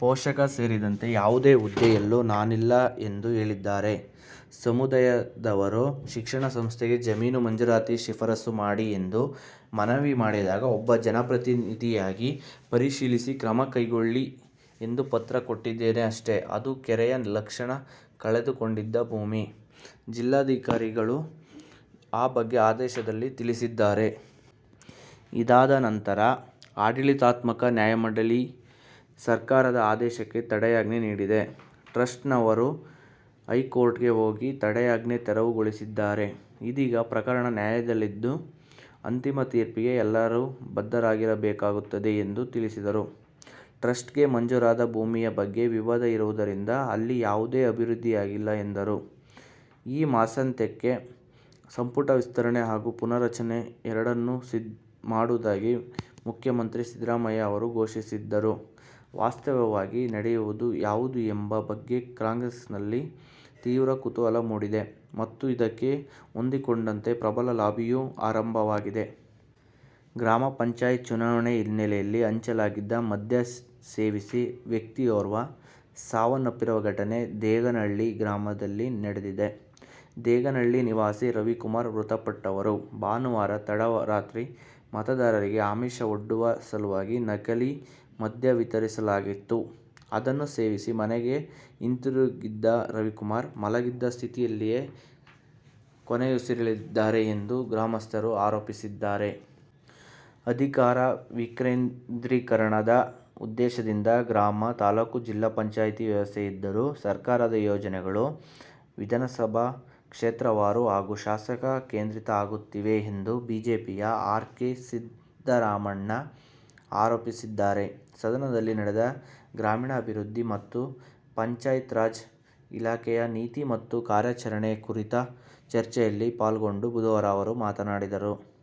ಪೋಷಕ ಸೇರಿದಂತೆ ಯಾವುದೇ ಹುದ್ದೆಯಲ್ಲೂ ನಾನಿಲ್ಲ ಎಂದು ಹೇಳಿದ್ದಾರೆ. ಸಮುದಾಯದವರು ಶಿಕ್ಷಣ ಸಂಸ್ಥೆಗೆ ಜಮೀನು ಮಂಜೂರಾತಿಗೆ ಶಿಫಾರಸು ಮಾಡಿ ಎಂದು ಮನವಿ ಮಾಡಿದಾಗ ಒಬ್ಬ ಜನಪ್ರತಿನಿಧಿಯಾಗಿ ಪರಿಶೀಲಿಸಿ ಕ್ರಮ ಕೈಗೊಳ್ಳಿ ಎಂದು ಪತ್ರ ಕೊಟ್ಟಿದ್ದೇನೆ ಅಷ್ಟೆ. ಅದು ಕೆರೆಯ ಲಕ್ಷಣ ಕಳೆದುಕೊಂಡಿದ್ದ ಭೂಮಿ. ಜಿಲ್ಲಾಧಿಕಾರಿಗಳೂ ಆ ಬಗ್ಗೆ ಆದೇಶದಲ್ಲಿ ತಿಳಿಸಿದ್ದಾರೆ. ಇದಾದ ನಂತರ ಆಡಳಿತಾತ್ಮಕ ನ್ಯಾಯಮಂಡಳಿ ಸರ್ಕಾರದ ಆದೇಶಕ್ಕೆ ತಡೆಯಾಜ್ಞೆ ನೀಡಿದೆ. ಟ್ರಸ್ಟ್ನವರು ಹೈಕೋರ್ಟ್ಗೆ ಹೋಗಿ ತಡೆಯಾಜ್ಞೆ ತೆರವುಗೊಳಿಸಿದ್ದಾರೆ. ಇದೀಗ ಪ್ರಕರಣ ನ್ಯಾಯಾಲಯದಲ್ಲಿದ್ದು ಅಂತಿಮ ತೀರ್ಪಿಗೆ ಎಲ್ಲರೂ ಬದ್ಧರಾಗಿರಬೇಕಾಗುತ್ತದೆ ಎಂದು ತಿಳಿಸಿದರು. ಟ್ರಸ್ಟ್ಗೆ ಮಂಜೂರಾದ ಭೂಮಿಯ ಬಗ್ಗೆ ವಿವಾದ ಇರುವುದರಿಂದ ಅಲ್ಲಿ ಯಾವುದೇ ಅಭಿವೃದ್ಧಿಯಾಗಿಲ್ಲ ಎಂದರು. ಈ ಮಾಸಾಂತ್ಯಕ್ಕೆ ಸಂಪುಟ ವಿಸ್ತರಣೆ ಹಾಗೂ ಪುನಾರಚನೆ ಎರಡನ್ನೂ ಮಾಡುವುದಾಗಿ ಮುಖ್ಯಮಂತ್ರಿ ಸಿದ್ದರಾಮಯ್ಯ ಅವರು ಘೋಷಿಸಿದ್ದರೂ ವಾಸ್ತವವಾಗಿ ನಡೆಯುವುದು ಯಾವುದು ಎಂಬ ಬಗ್ಗೆ ಕಾಂಗ್ರೆಸ್ನಲ್ಲಿ ತೀವ್ರ ಕುತೂಹಲ ಮೂಡಿದೆ ಮತ್ತು ಇದಕ್ಕೆ ಹೊಂದಿಕೊಂಡಂತೆ ಪ್ರಬಲ ಲಾಬಿಯೂ ಆರಂಭವಾಗಿದೆ. ಗ್ರಾಮ ಪಂಚಾಯತ್ ಚುನಾವಣೆ ಹಿನ್ನೆಲೆಯಲ್ಲಿ ಹಂಚಲಾಗಿದ್ದ ಮದ್ಯ ಸೇವಿಸಿ ವ್ಯಕ್ತಿಯೋರ್ವ ಸಾವನ್ನಪ್ಪಿರುವ ಘಟನೆ ದೇಗನಹಳ್ಳಿ ಗ್ರಾಮದಲ್ಲಿ ನಡೆದಿದೆ. ದೇಗನಹಳ್ಳಿ ನಿವಾಸಿ ರವಿಕುಮಾರ್ ಮೃತಪಟ್ಟವರು. ಭಾನುವಾರ ತಡರಾತ್ರಿ ಮತದಾರರಿಗೆ ಆಮಿಷ ಒಡ್ಡುವ ಸಲುವಾಗಿ ನಕಲಿ ಮದ್ಯ ವಿತರಿಸಲಾಗಿತ್ತು. ಅದನ್ನು ಸೇವಿಸಿ ಮನೆಗೆ ಹಿಂದಿರುಗಿದ್ದ ರವಿಕುಮಾರ್, ಮಲಗಿದ್ದ ಸ್ಥಿತಿಯಲ್ಲಿಯೇ ಕೊನೆಯುಸಿರೆಳೆದಿದ್ದಾರೆ ಎಂದು ಗ್ರಾಮಸ್ಥರು ಆರೋಪಿಸಿದ್ದಾರೆ. ಅಧಿಕಾರ ವಿಕೇಂದ್ರೀಕರಣದ ಉದ್ದೇಶದಿಂದ ಗ್ರಾಮ, ತಾಲೂಕು ಹಾಗೂ ಜಿಲ್ಲಾ ಪಂಚಾಯಿತಿ ವ್ಯವಸ್ಥೆ ಇದ್ದರೂ ಸರ್ಕಾರದ ಯೋಜನೆಗಳು ವಿಧಾನಸಭಾ ಕ್ಷೇತ್ರವಾರು ಹಾಗೂ ಶಾಸಕ ಕೇಂದ್ರಿತ ಆಗುತ್ತಿವೆ ಎಂದು ಬಿಜೆಪಿಯ ಆರ್. ಕೆ. ಸಿದ್ದರಾಮಣ್ಣ ಆರೋಪಿಸಿದ್ದಾರೆ. ಸದನದಲ್ಲಿ ನಡೆದ ಗ್ರಾಮೀಣಾಭಿವೃದ್ಧಿ ಮತ್ತು ಪಂಚಾಯತ್ರಾಜ್ ಇಲಾಖೆಯ ನೀತಿ ಮತ್ತು ಕಾರ್ಯಾಚರಣೆ ಕುರಿತ ಚರ್ಚೆಯಲ್ಲಿ ಪಾಲ್ಗೊಂಡು ಬುಧವಾರ ಅವರು ಮಾತನಾಡಿದರು.